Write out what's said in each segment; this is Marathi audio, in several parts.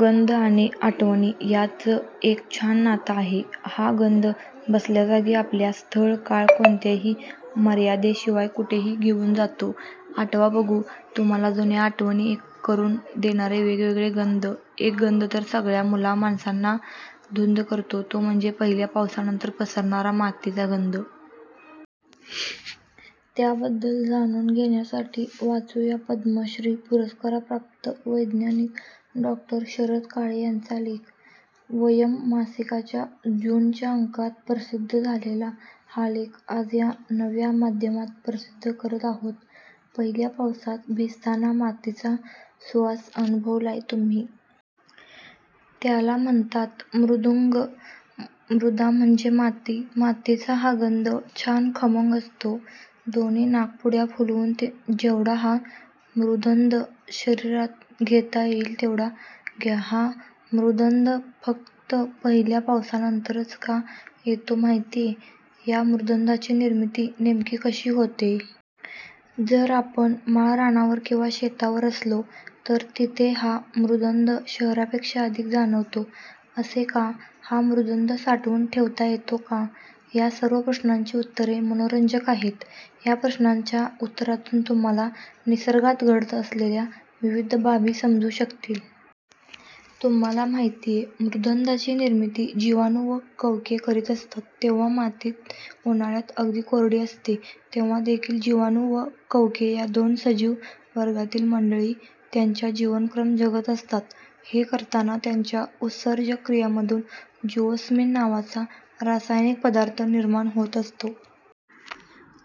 गंध आणि आठवणी याचं एक छान नातं आहे. हा गंध बसल्याजागी आपल्याला स्थळ-काळ कोणत्याही मर्यादेशिवाय कुठेही घेऊन जातो. आठवा बघू, तुम्हाला जुन्या आठवणी करून देणारे वेगवेगळे गंध. एक गंध तर सगळ्या मुला-माणसांना धुंद करतो, तो म्हणजे पहिल्या पावसानंतर पसरणारा मातीचा गंध. त्याबद्दल जाणून घेण्यासाठी वाचू या पद्मश्री पुरस्कारप्राप्त वैज्ञानिक डॉ. शरद काळे यांचा लेख. वयम् मासिकाच्या जूनच्या अंकात प्रसिद्ध झालेला हा लेख आज या नव्या माध्यमात प्रसिद्ध करत आहोत. पहिल्या पावसात भिजताना मातीचा सुवास अनुभवलाय तुम्ही? त्याला म्हणतात मृद्गंध. मृदा म्हणजे माती. मातीचा हा गंध छान खमंग असतो. दोन्ही नाकपुड्या फुलवून जेवढा हा मृद्गंध शरीरात घेता येईल, तेवढा घ्या. हा मृद्गंध फक्त पहिल्या पावसानंतरच का येतो, माहितीये? या मृद्गंधाची निर्मिती नेमकी कशी होते? जर आपण माळरानावर किंवा शेतावर असलो, तर तिथे हा मृद्गंध शहरापेक्षा अधिक जाणवतो. असे का? हा मृद्गंध साठवून ठेवता येतो का? या सर्व प्रश्नांची उत्तरे मनोरंजक आहेत. या प्रश्नांच्या उत्तरातून तुम्हांला निसर्गात घडत असलेल्या विविध बाबी समजू शकतील. तुम्हांला माहितीये, मृद्गंधाची निर्मिती जीवाणू व कवके करीत असतात. जेव्हा माती उन्हाळ्यात अगदी कोरडी असते, तेव्हा देखील जीवाणू व कवके या दोन सजीव वर्गातील मंडळी त्यांचा जीवनक्रम जगत असतात. हे करताना त्यांच्या उत्सर्जक क्रियांमधून जिओस्मिन नावाचा रासायनिक पदार्थ निर्माण होत असतो.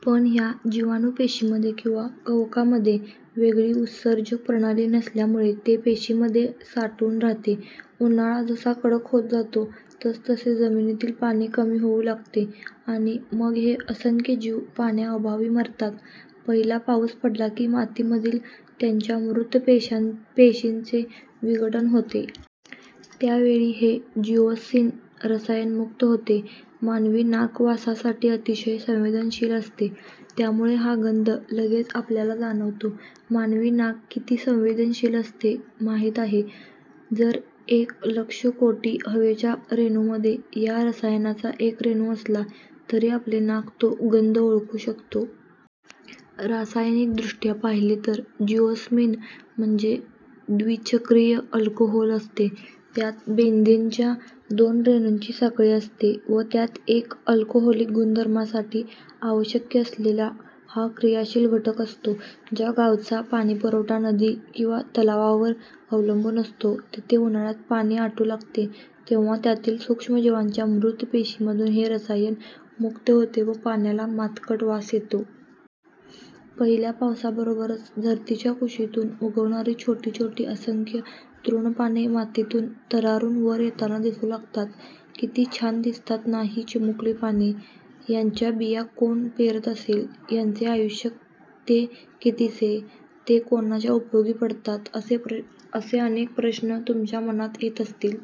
पण ह्या जीवाणू पेशींमध्ये किंवा कवकांमध्ये वेगळी उत्सर्जक प्रणाली नसल्यामुळे ते पेशींमध्ये साठून राहते. उन्हाळा जसा कडक होत जातो, तसतसे जमिनीतील पाणी कमी होऊ लागते आणि मग हे असंख्य जीव पाण्याअभावी मरतात. पहिला पाऊस पडला की मातीमधील त्यांच्या मृत पेशींचे विघटन होते. त्यावेळी हे जिओस्मिन रसायन मुक्त होते. मानवी नाक वासासाठी अतिशय संवेदनशील असते. त्यामुळे हा गंध लगेच आपल्याला जाणवतो. मानवी नाक किती संवेदनशील असते, माहीत आहे? जर एक लक्ष कोटी हवेच्या रेणूंमध्ये या रसायनाचा एक रेणू असला, तरी आपले नाक तो गंध ओळखू शकतो. रासायनिक दृष्ट्या पाहिले तर जिओस्मिन म्हणजे द्विचक्रीय अल्कोहोल असते. त्यात बेन्झीनच्या दोन रेणूंची साखळी असते व त्यात एक अल्कोहोलिक गुणधर्मासाठी आवश्यक असलेला हा क्रियाशील घटक असतो. ज्या गावचा पाणीपुरवठा नदी किंवा तलावावर अवलंबून असतो, तिथे उन्हाळ्यात पाणी आटू लागते, तेव्हा त्यातील सूक्ष्म जीवांच्या मृत पेशींमधून हे रसायन मुक्त होते व पाण्याला मातकट वास येतो. पहिल्या पावसाबरोबरच धरतीच्या कुशीतून उगवणारी छोटी छोटी असंख्य तृणपाने मातीतून तरारून वर येताना दिसू लागतात. किती छान दिसतात ना ही चिमुकली पाने? यांच्या बिया कोण पेरत असेल? यांचे आयुष्य ते कितीसे? ते कोणाच्या उपयोगी पडतात? असे अनेक प्रश्न तुमच्या मनात येत असतील.